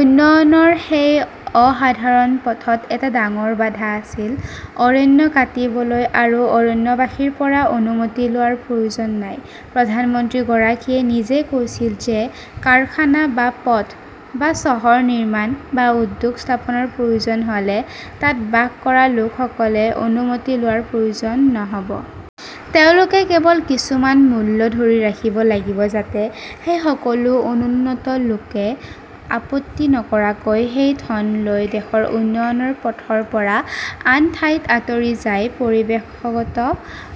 উন্নয়নৰ সেই অ-সাধাৰণ পথত এটা ডাঙৰ বাধা আছিল-অৰণ্য কাটিবলৈ আৰু অৰণ্যবাসীৰ পৰা অনুমতি লোৱাৰ প্ৰয়োজন নাই। প্ৰধানমন্ত্ৰীগৰাকীয়ে নিজেই কৈছিল যে কাৰখানা বা পথ, বা চহৰ নিৰ্মাণ, বা উদ্যোগ স্থাপনৰ প্ৰয়োজন হ 'লে তাত বাস কৰা লোকসকলে অনুমতি লোৱাৰ প্ৰয়োজন নহ' ব। তেওঁলোকে কেৱল কিছুমান মূল্য ধৰি ৰাখিব লাগিব-যাতে সেই সকলো 'অনুন্নত "লোকে আপত্তি নকৰাকৈ সেই ধন লৈ দেশৰ উন্নয়নৰ পথৰ পৰা আন ঠাইত আঁতৰি যায়। পৰিৱেশগত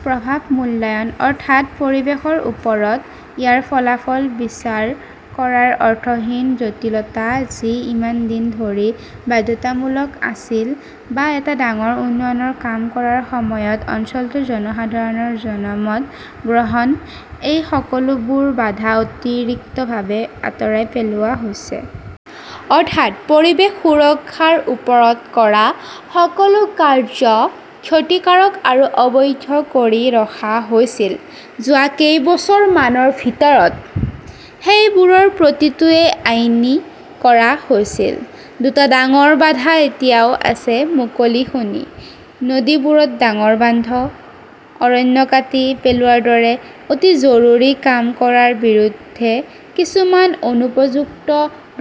প্ৰভাৱ মূল্যায়ন, অৰ্থাৎ 'পৰিৱেশৰ ওপৰত ইয়াৰ ফলাফল বিচাৰ কৰা' ৰ অৰ্থহীন জটিলতা যি ইমান দিন ধৰি বাধ্যতামূলক আছিল, বা এটা ডাঙৰ উন্নয়নৰ কাম কৰাৰ সময়ত অঞ্চলটোৰ জনসাধাৰণৰ 'জনমত গ্ৰহণ'-এই সকলোবোৰ বাধা অতিৰিক্তভাৱে আঁতৰাই পেলোৱা হৈছে। অৰ্থাৎ, 'পৰিৱেশ সুৰক্ষা "ৰ ওপৰত কৰা সকলো কাৰ্য্য ক্ষতিকাৰক আৰু অবৈধ কৰি ৰখা হৈছিল, যোৱা কেইবছৰমানৰ ভিতৰত সেইবোৰৰ প্ৰতিটোৱেই আইনী কৰা হৈছিল। দুটা ডাঙৰ বাধা এতিয়াও আছে-মুকলি খনি, নদীবোৰত ডাঙৰ বান্ধ, অৰণ্য কাটি পেলোৱাৰ দৰে অতি জৰুৰী কাম কৰাৰ বিৰুদ্ধে কিছুমান অনুপযুক্ত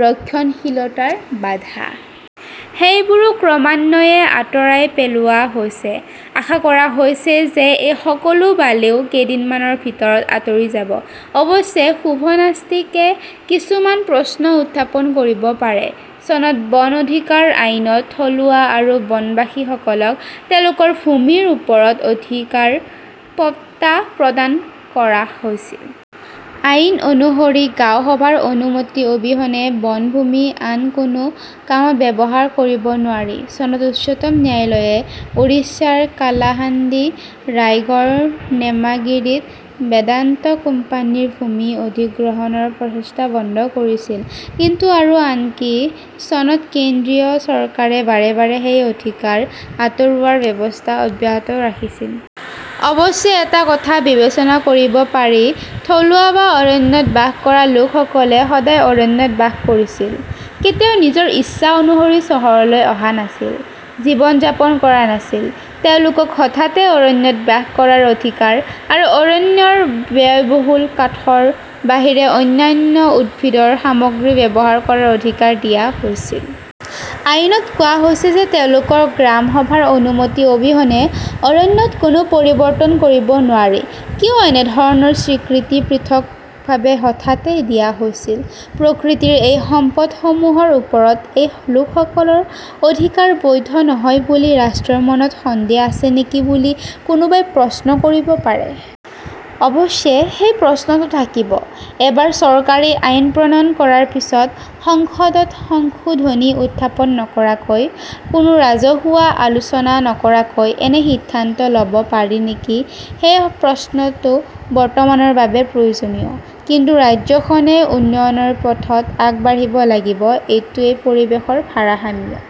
ৰক্ষণশীলতাৰ বাধা। সেইবোৰো ক্ৰমান্বয়ে আঁতৰাই পেলোৱা হৈছে-আশা কৰা হৈছে যে এই সকলো বালিও কেইদিনমানৰ ভিতৰত আঁতৰি যাব। অৱশ্যে 'শুভনাষ্টিক "-এ কিছুমান প্ৰশ্ন উত্থাপন কৰিব পাৰে। চনত বন অধিকাৰ আইনত থলুৱা আৰু বনবাসীসকলক তেওঁলোকৰ ভূমিৰ ওপৰত অধিকাৰ পট্টা প্ৰদান কৰা হৈছিল। আইন অনুসৰি গাঁও সভাৰ অনুমতি অবিহনে বনভূমি আন কোনো কামত ব্যৱহাৰ কৰিব নোৱাৰি। চনত উচ্চতম ন্যায়ালয়ে উৰিষ্যাৰ কালাহাণ্ডি ৰায়গড় নেমাগিৰীত বেদান্ত কোম্পানীৰ ভূমি অধিগ্ৰহণৰ প্ৰচেষ্টা বন্ধ কৰিছিল। কিন্তু, আৰু আনকি চনত কেন্দ্ৰীয় চৰকাৰে বাৰে বাৰে সেই অধিকাৰ আঁতৰোৱাৰ ব্যৱস্থা অব্যাহত ৰাখিছিল। অৱশ্যে এটা কথা বিবেচনা কৰিব পাৰি-থলুৱা বা অৰণ্যত বাস কৰা লোকসকলে সদায় অৰণ্যত বাস কৰিছিল, কেতিয়াও নিজৰ ইচ্ছা অনুসৰি চহৰলৈ অহা নাছিল, জীৱন যাপন কৰা নাছিল, তেওঁলোকক হঠাতে 'অৰণ্যত বাস কৰাৰ অধিকাৰ, আৰু অৰণ্যৰ ব্যয়বহুল কাঠৰ বাহিৰে অন্যান্য উদ্ভিদৰ সামগ্ৰী ব্যৱহাৰ কৰাৰ অধিকাৰ' দিয়া হৈছিল। আইনত কোৱা হৈছে যে তেওঁলোকৰ 'গ্ৰাম সভাৰ অনুমতি অবিহনে অৰণ্যত কোনো পৰিৱৰ্তন কৰিব নোৱাৰি "। কিয় এনে ধৰণৰ স্বীকৃতি পৃথকভাৱে হঠাতে দিয়া হৈছিল? প্ৰকৃতিৰ এই সম্পদসমূহৰ ওপৰত এই লোকসকলৰ অধিকাৰ 'বৈধ "নহয় বুলি ৰাষ্ট্ৰৰ মনত সন্দেহ আছে নেকি বুলি কোনোবাই প্ৰশ্ন কৰিব পাৰে? অৱশ্যে, সেই প্ৰশ্নটো থাকিব। এবাৰ চৰকাৰী আইন প্ৰণয়ন কৰাৰ পিছত, সংসদত সংশোধনী উত্থাপন নকৰাকৈ, কোনো ৰাজহুৱা আলোচনা নকৰাকৈ এনে সিদ্ধান্ত ল "ব পাৰি নেকি সেই প্ৰশ্নটো বৰ্তমানৰ বাবে প্ৰয়োজনীয়। কিন্তু ৰাজ্যখনে উন্নয়নৰ পথত আগবাঢ়িব লাগিব। এইটোৱে পৰিৱেশৰ ভাৰসাম্য